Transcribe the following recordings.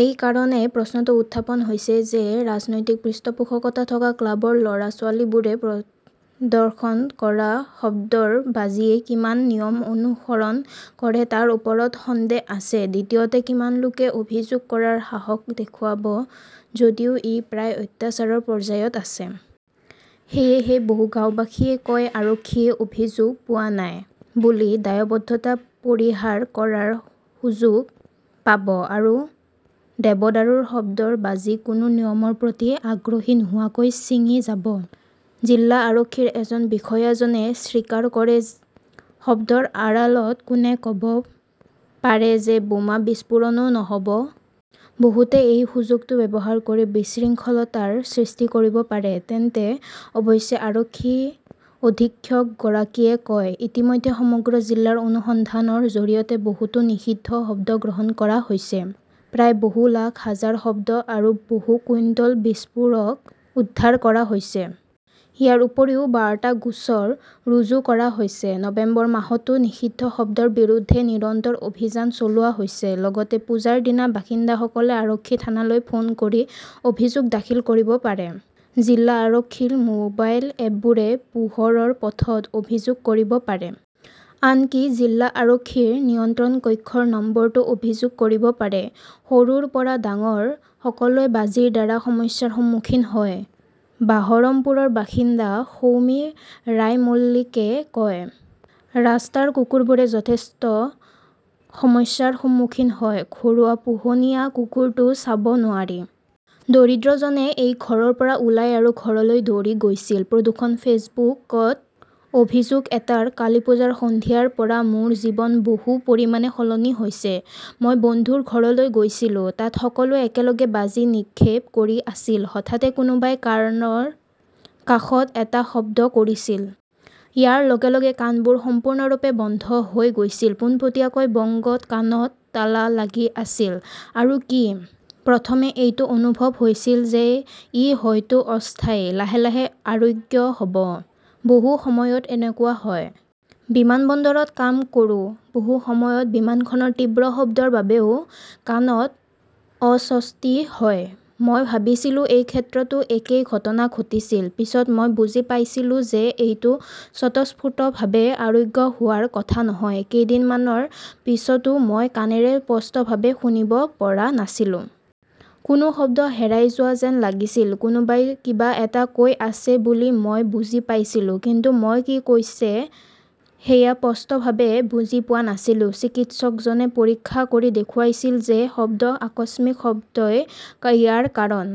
এই কাৰণেই প্ৰশ্নটো উত্থাপন হৈছে যে, ৰাজনৈতিক পৃষ্ঠপোষকতা থকা ক্লাবৰ ল'ৰা-ছোৱালীবোৰে প্ৰদৰ্শন কৰা শব্দৰ বাজিয়ে কিমান নিয়ম অনুসৰণ কৰে তাৰ ওপৰত সন্দেহ আছে। দ্বিতীয়তে, কিমান লোকে অভিযোগ কৰাৰ সাহস দেখুৱাব, যদিও ই প্ৰায় "অত্যাচাৰৰ" পৰ্যায়ত আছে? সেয়েহে বহু গাওঁবাসীয়ে কয়, "আৰক্ষীয়ে 'অভিযোগ পোৱা নাই" বুলি দায়বদ্ধতা পৰিহাৰ কৰাৰ সুযোগ পাব আৰু দেৱদাৰুৰ শব্দৰ বাজি কোনো নিয়মৰ প্ৰতি আগ্ৰহী নোহোৱাকৈ ছিঙি যাব। জিলা আৰক্ষীৰ এজন বিষয়াজনে স্বীকাৰ কৰে, "শব্দৰ আড়ালত কোনে ক "ব পাৰে যে বোমা বিস্ফোৰণো নহ'ব? বহুতে এই সুযোগটো ব্যৱহাৰ কৰি বিশৃংখলতাৰ সৃষ্টি কৰিব পাৰে। তেন্তে ?" অৱশ্যে আৰক্ষী অধীক্ষকগৰাকীয়ে কয়, "ইতিমধ্যে সমগ্ৰ জিলাৰ অনুসন্ধানৰ জৰিয়তে বহুতো নিষিদ্ধ শব্দ গ্ৰহণ কৰা হৈছে। প্ৰায় বহু লাখ, হাজাৰ শব্দ আৰু বহু কুইণ্টল বিস্ফোৰক উদ্ধাৰ কৰা হৈছে। ইয়াৰ উপৰিও বাৰটা গোচৰ ৰুজু কৰা হৈছে। নৱেম্বৰ মাহতো নিষিদ্ধ শব্দৰ বিৰুদ্ধে নিৰন্তৰ অভিযান চলোৱা হৈছে। লগতে পূজাৰ দিনা বাসিন্দাসকলে আৰক্ষী থানালৈ ফোন কৰি অভিযোগ দাখিল কৰিব পাৰে। জিলা আৰক্ষীৰ মোবাইল এপবোৰে "পোহৰৰ পথত" অভিযোগ কৰিব পাৰে। আনকি জিলা আৰক্ষীৰ নিয়ন্ত্ৰণ কক্ষৰ নম্বৰতো অভিযোগ কৰিব পাৰি। "সৰুৰ পৰা ডাঙৰ সকলোৱে বাজিৰ দ্বাৰা সমস্যাৰ সন্মুখীন হয়", বাহৰমপুৰৰ বাসিন্দা সৌমী ৰায়মল্লীকে কয়। ৰাস্তাৰ কুকুৰবোৰে যথেষ্ট সমস্যাৰ সন্মুখীন হয়। ঘৰুৱা পোহনীয়া কুকুৰটো চাব নোৱাৰি। দৰিদ্ৰজনে এই ঘৰৰ পৰা ওলাই আৰু ঘৰলৈ দৌৰি গৈছিল"। প্ৰদূষণ-ফেচবুকত অভিযোগ এটা কালীপুজাৰ সন্ধিয়াৰ পৰা মোৰ জীৱন বহু পৰিমাণে সলনি হৈছে। মই বন্ধুৰ ঘৰলৈ গৈছিলোঁ। তাত সকলোৱে একেলগে বাজি নিক্ষেপ কৰি আছিল। হঠাতে কোনোবাই কাণৰ কাষত এটা শব্দ কৰিছিল। ইয়াৰ লগে লগে কাণবোৰ সম্পূৰ্ণৰূপে বন্ধ হৈ গৈছিল। পোনপটীয়াকৈ বংগত কাণত তালা লাগি আছিল, আৰু কি। প্ৰথমে এইটো অনুভৱ হৈছিল যে, ই হয়তো অস্থায়ী, লাহে লাহে আৰোগ্য হ 'ব। বহু সময়ত এনেকুৱা হয়। বিমানবন্দৰত কাম কৰোঁ। বহু সময়ত বিমানখনৰ তীব্ৰ শব্দৰ বাবেও কাণত অস্বস্তি হয়। মই ভাবিছিলোঁ এই ক্ষেত্ৰতো একেই ঘটনা ঘটিছিল। পিছত মই বুজি পাইছিলোঁ যে, এইটো স্বতঃস্ফুৰ্তভাৱে আৰোগ্য হোৱাৰ কথা নহয়। কেইদিনমানৰ পিছতো মই কাণেৰে স্পষ্টভাৱে শুনিব পৰা নাছিলোঁ। কোনো শব্দ হেৰাই যোৱা যেন লাগিছিল। কোনোবাই কিবা এটা কৈ আছে বুলি মই বুজি পাইছিলোঁ। কিন্তু মই কি কৈছে সেয়া স্পষ্টভাৱে বুজি পোৱা নাছিলোঁ। চিকিৎসকজনে পৰীক্ষা কৰি দেখুৱাইছিল যে, শব্দৰ আকস্মিক শব্দই ইয়াৰ কাৰণ।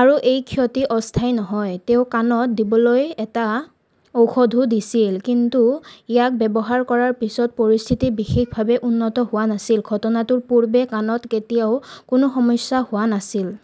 আৰু এই ক্ষতি অস্থায়ী নহয়। তেওঁ কাণত দিবলৈ এটা ঔষধো দিছিল। কিন্তু ইয়াক ব্যৱহাৰ কৰাৰ পিছতো পৰিস্থিতি বিশেষভাৱে উন্নত হোৱা নাছিল। ঘটনাটোৰ পূৰ্বে কাণত কেতিয়াও কোনো সমস্যা হোৱা নাছিল ।